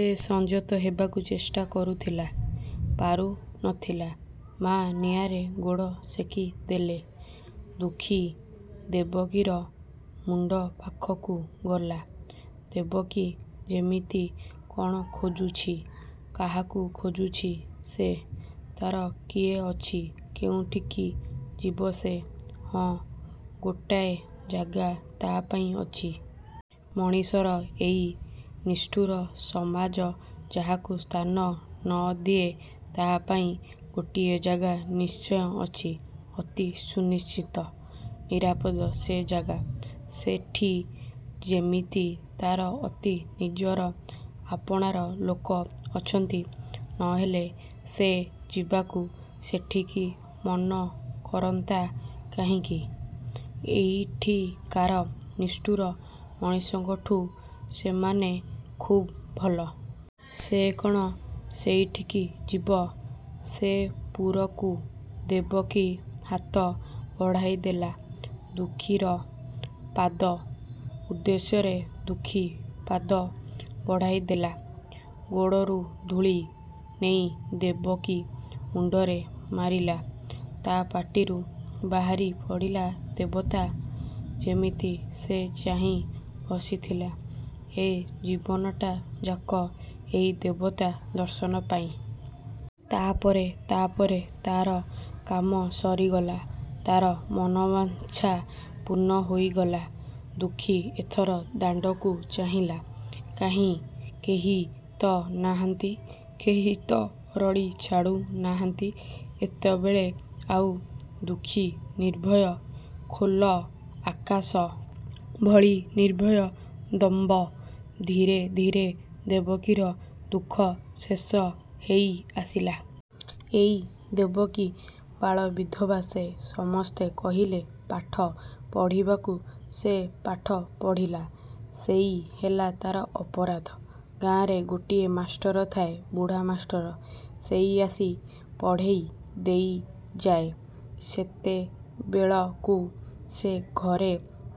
ସେ ସଂଯତ ହେବାକୁ ଚେଷ୍ଟା କରୁଥିଲା। ପାରୁ ନଥିଲା। ମା ନିଆଁରେ ଗୋଡ଼ ସେକି ଦେଲେ। ଦୁଃଖୀ ଦେବକୀର। ମୁଣ୍ଡ ପାଖକୁ ଗଲା। ଦେବକୀ ଯେମିତି କ'ଣ ଖୋଜୁଛି। କାହାକୁ ଖୋଜୁଛି ସେ? ତା'ର କିଏ ଅଛି କେଉଁଠିକି ଯିବ ସେ? ହଁ, ଗୋଟାଏ ଜାଗା ତା'ପାଇଁ ଅଛି। ମଣିଷର ଏଇ ନିଷ୍ଠୁର ସମାଜ ଯାହାକୁ ସ୍ଥାନ ନଦିଏ ତା'ପାଇଁ ଗୋଟିଏ ଜାଗା ନିଶ୍ଚୟ ଅଛି ଅତି ସୁନିଶ୍ଚିତ ନିରାପଦ ସେ ଜାଗା। ସେଠି ଯେମିତି ତା'ର ଅତି ନିଜର, ଆପଣାର ଲୋକ ଅଛନ୍ତି। ନହେଲେ ସେ ଯିବାକୁ ସେଠିକି ମନ କରନ୍ତା କାହିଁକି? ଏଠିକାର ନିଷ୍ଠୁର ମଣିଷଙ୍କଠୁ ସେମାନେ ଖୁବ୍ ଭଲ। ସେ କ'ଣ ସେଇଠିକି ଯିବ? ସେପୁରକୁ। ଦେବକୀ ହାତ ବଢ଼ାଇଦେଲା ଦୁଃଖୀର ପାଦ ଉଦ୍ଦେଶ୍ୟରେ ଦୁଃଖୀ ପାଦ ବଢ଼ାଇଦେଲା। ଗୋଡ଼ରୁ ଧୂଳି ନେଇ ଦେବକୀ ମୁଣ୍ଡରେ ମାରିଲା। ତା' ପାଟିରୁ ବାହାରି ପଡ଼ିଲା ''ଦେବତା! '' ଯେମିତି ସେ ଚାହିଁ ବସିଥିଲା ଏ ଜୀବନଟାଯାକ ଏଇ ଦେବତା ଦର୍ଶନପାଇଁ। ତା'ପରେ ତା'ପରେ ତା'ର କାମ ସରିଗଲା ତା'ର ମନବାଞ୍ଛା ପୂର୍ଣ୍ଣ ହୋଇଗଲା। ଦୁଃଖୀ ଏଥର ଦାଣ୍ଡକୁ ଚାହିଁଲା। କାହିଁ, କେହି ତ ନାହାନ୍ତି କେହି ତ ରଡ଼ି ଛାଡ଼ୁ ନାହାନ୍ତି ଏତେବେଳେ ଆଉ। ଦୁଃଖୀ ନିର୍ଭୟ। ଖୋଲ ଆକାଶ ଭଳି ନିର୍ଭୟ ଦମ୍ଭ! ଧୀରେ ଧୀରେ ଦେବକୀର ଦୁଃଖ ଶେଷ ହେଇ ଆସିଲା। ଏଇ ଦେବକୀ। ବାଳବିଧବା ସେ। ସମସ୍ତେ କହିଲେ ପାଠ ପଢ଼ିବାକୁ ସେ ପାଠ ପଢ଼ିଲା। ସେଇ ହେଲା ତା'ର ଅପରାଧ। ଗାଁରେ ଗୋଟିଏ ମାଷ୍ଟର ଥାଏ ବୁଢ଼ା ମାଷ୍ଟର। ସେଇ ଆସି ପଢ଼େଇ ଦେଇଯାଏଁ। ସେତେବେଳକୁ ସେ ଘରେ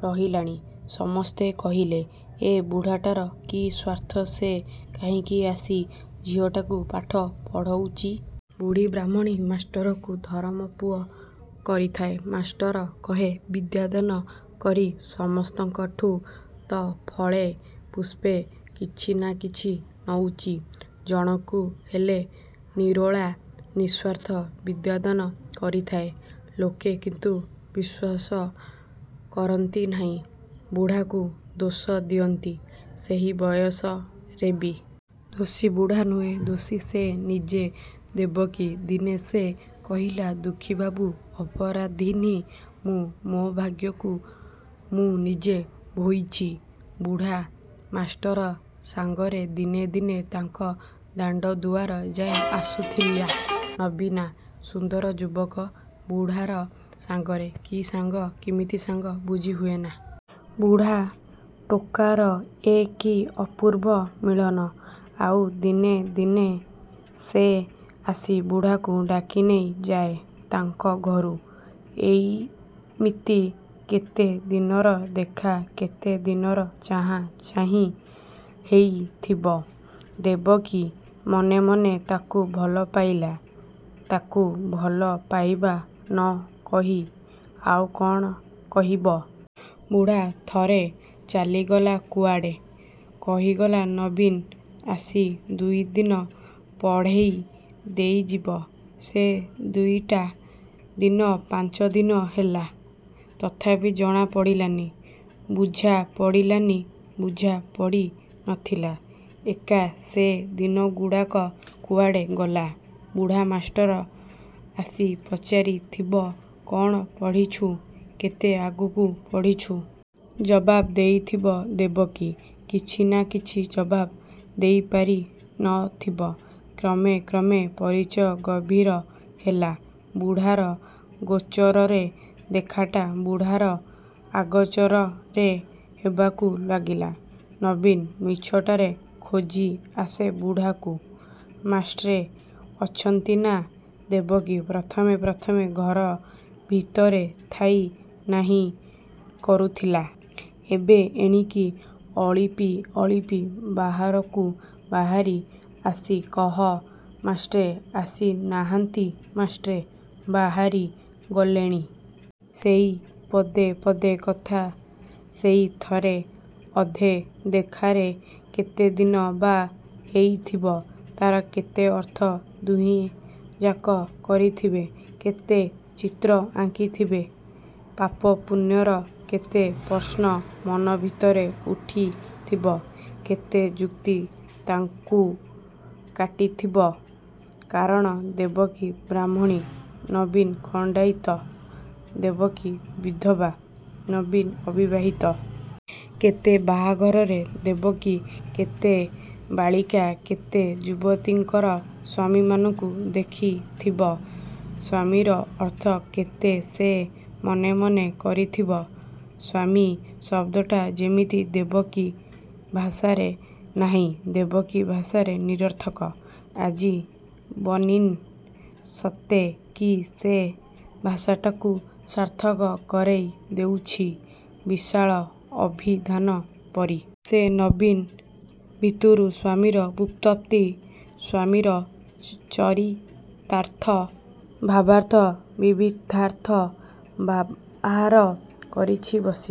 ରହିଲାଣି। ସମସ୍ତେ କହିଲେ, ଏ ବୁଢ଼ାଟାର କି ସ୍ୱାର୍ଥ ସେ କାହିଁକି ଆସି ଝିଅଟାକୁ ପାଠ ପଢ଼ଉଚି। ବୁଢ଼ୀ ବ୍ରାହ୍ମଣୀ ମାଷ୍ଟରକୁ ଧରମ ପୁଅ କରିଥାଏ। ମାଷ୍ଟର କହେ ''ବିଦ୍ୟାଦାନ କରି ସମସ୍ତଙ୍କଠୁ ତ ଫଳେ ପୁଷ୍ପେ କିଛି ନା କିଛି ନଉଚି ଜଣକୁ ହେଲେ ନିରୋଳା ନିଃସ୍ୱର୍ଥ ବିଦ୍ୟାଦାନ କରିଥାଏ। '' ଲୋକେ କିନ୍ତୁ ବିଶ୍ୱାସ କରନ୍ତି ନାହିଁ। ବୁଢ଼ାକୁ ଦୋଷ ଦିଅନ୍ତି, ସେହି ବୟସରେବି। ଦୋଷୀ ବୁଢ଼ା ନୁହେଁ। ଦୋଷୀ ସେ ନିଜେ ଦେବକୀ ଦିନେ ସେ କହିଲା ''ଦୁଃଖୀବାବୁ, ଅପରାଧିନୀ ମୁଁ। ମୋ ଭାଗ୍ୟକୁ ମୁଁ ନିଜେ ଭୋଇଚି। ବୁଢ଼ା ମାଷ୍ଟର ସାଙ୍ଗରେ ଦିନେ ଦିନେ ତାଙ୍କ ଦାଣ୍ଡଦୁଆର ଯାଏଁ ଆସୁଥିଲା ନବୀନା। ସୁନ୍ଦର ଯୁବକ। ବୁଢ଼ାର ସାଙ୍ଗରେ। କି ସାଙ୍ଗ, କିମିତି ସାଙ୍ଗ, ବୁଝି ହୁଏନା। ବୁଢ଼ା ଟୋକାର ଏ କି ଅପୂର୍ବ ମିଳନ। ଆଉ ଦିନେ ଦିନେ ସେ ଆସି ବୁଢ଼ାକୁ ଡାକିନେଇ ଯାଏଁ ତାଙ୍କ ଘରୁ। ଏଇମିତି କେତେ ଦିନର ଦେଖା କେତେ ଦିନର ଚାହାଁ ଚାହିଁ ହେଇଥିବ। ଦେବକୀ ମନେ ମନେ ତାକୁ ଭଲପାଇଲା-। ତାକୁ ଭଲ ପାଇବା ନ କହି ଆଉ କ'ଣ କହିବ। ବୁଢ଼ା ଥରେ ଚାଲିଗଲା କୁଆଡ଼େ। କହିଗଲା ନବୀନ ଆସି ଦୁଇଦିନ ପଢ଼େଇ ଦେଇଯିବ। ସେ ଦୁଇଟା ଦିନ ପାଞ୍ଚଦିନ ହେଲା। ତଥାପି ଜଣା ପଡ଼ିଲାନି, ବୁଝା ପଡ଼ିଲାନି ବୁଝା ପଡ଼ି ନଥିଲା ଏକା ସେ ଦିନଗୁଡ଼ାକ କୁଆଡ଼େ ଗଲା। ବୁଢ଼ା ମାଷ୍ଟର ଆସି ପଚାରି ଥିବ କ'ଣ ପଢ଼ିଛୁ କେତେ ଆଗକୁ ପଢ଼ିଛୁ? ଜବାବ ଦେଇଥିବ ଦେବକୀ କିଛି ନା କିଛି ଜବାବ ଦେଇ ପାରି ନଥିବ। କ୍ରମେ କ୍ରମେ ପରିଚୟ ଗଭୀର ହେଲା। ବୁଢ଼ାର ଗୋଚରରେ ଦେଖାଟା ବୁଢ଼ାର ଆଗୋଚରରେ ହେବାକୁ ଲାଗିଲା। ନବୀନ ମିଛଟାରେ ଖୋଜି ଆସେ ବୁଢ଼ାକୁ ''ମାଷ୍ଟ୍ରେ ଅଛନ୍ତିନା-? '' ଦେବକୀ ପ୍ରଥମେ ପ୍ରଥମେ ଘର ଭିତରେ ଥାଇ ନାହିଁ କରୁଥିଲା, ଏବେ ଏଣିକି ଅଳିପି ଅଳିପି ବାହାରକୁ ବାହାରି ଆସି କହ 'ମାଷ୍ଟ୍ରେ ଆସି ନାହାନ୍ତି ମାଷ୍ଟ୍ରେ ବାହାରି ଗଲେଣି। ' ସେଇ ପଦେପଦେ କଥା ସେଇ ଥରେ ଅଧେ ଦେଖାରେ କେତେଦିନ ବା ହେଇଥିବ ତା'ର କେତେ ଅର୍ଥ ଦୁହେଁଯାକ କରିଥିବେ–କେତେ ଚିତ୍ର ଆଙ୍କି ଥିବେ। ପାପ ପୁଣ୍ୟର କେତେ ପ୍ରଶ୍ନ ମନ ଭିତରେ ଉଠିଥିବ–କେତେ ଯୁକ୍ତି ତାକୁ କାଟିଥିବ। କାରଣ ଦେବକୀ ବ୍ରାହ୍ମଣୀ, ନବୀନ ଖଣ୍ଡାଇତ, ଦେବକୀ ବିଧବା, ନବୀନ ଅବିବାହିତ। କେତେ ବାହାଘରରେ ଦେବକୀ କେତେ ବାଳିକା କେତେ ଯୁବତୀଙ୍କର ସ୍ୱାମୀମାନଙ୍କୁ ଦେଖିଥିବ। ସ୍ୱାମୀର ଅର୍ଥ କେତେ ସେ ମନେ ମନେ କରିଥିବ ସ୍ୱାମୀ ଶବ୍ଦଟା ଯେମିତି ଦେବକୀ ଭାଷାରେ ନାହିଁ–ଦେବକୀ ଭାଷାରେ ନିରର୍ଥକ। ଆଜି ବନୀନ ସତେ କି ସେ ଭାଷାଟାକୁ ସାର୍ଥକ କରେଇ ଦେଉଛି–ବିଶାଳ ଅଭିଧାନ ପରି। ସେ ନବୀନ ଭିତରୁ ସ୍ୱାମୀର ବ୍ୟୁତ୍ପତ୍ତି ସ୍ୱାମୀର ଚରିତାର୍ଥ, ଭାବାର୍ଥ ବିବିଧାର୍ଥ ବାହାର କରୁଛି ବସି।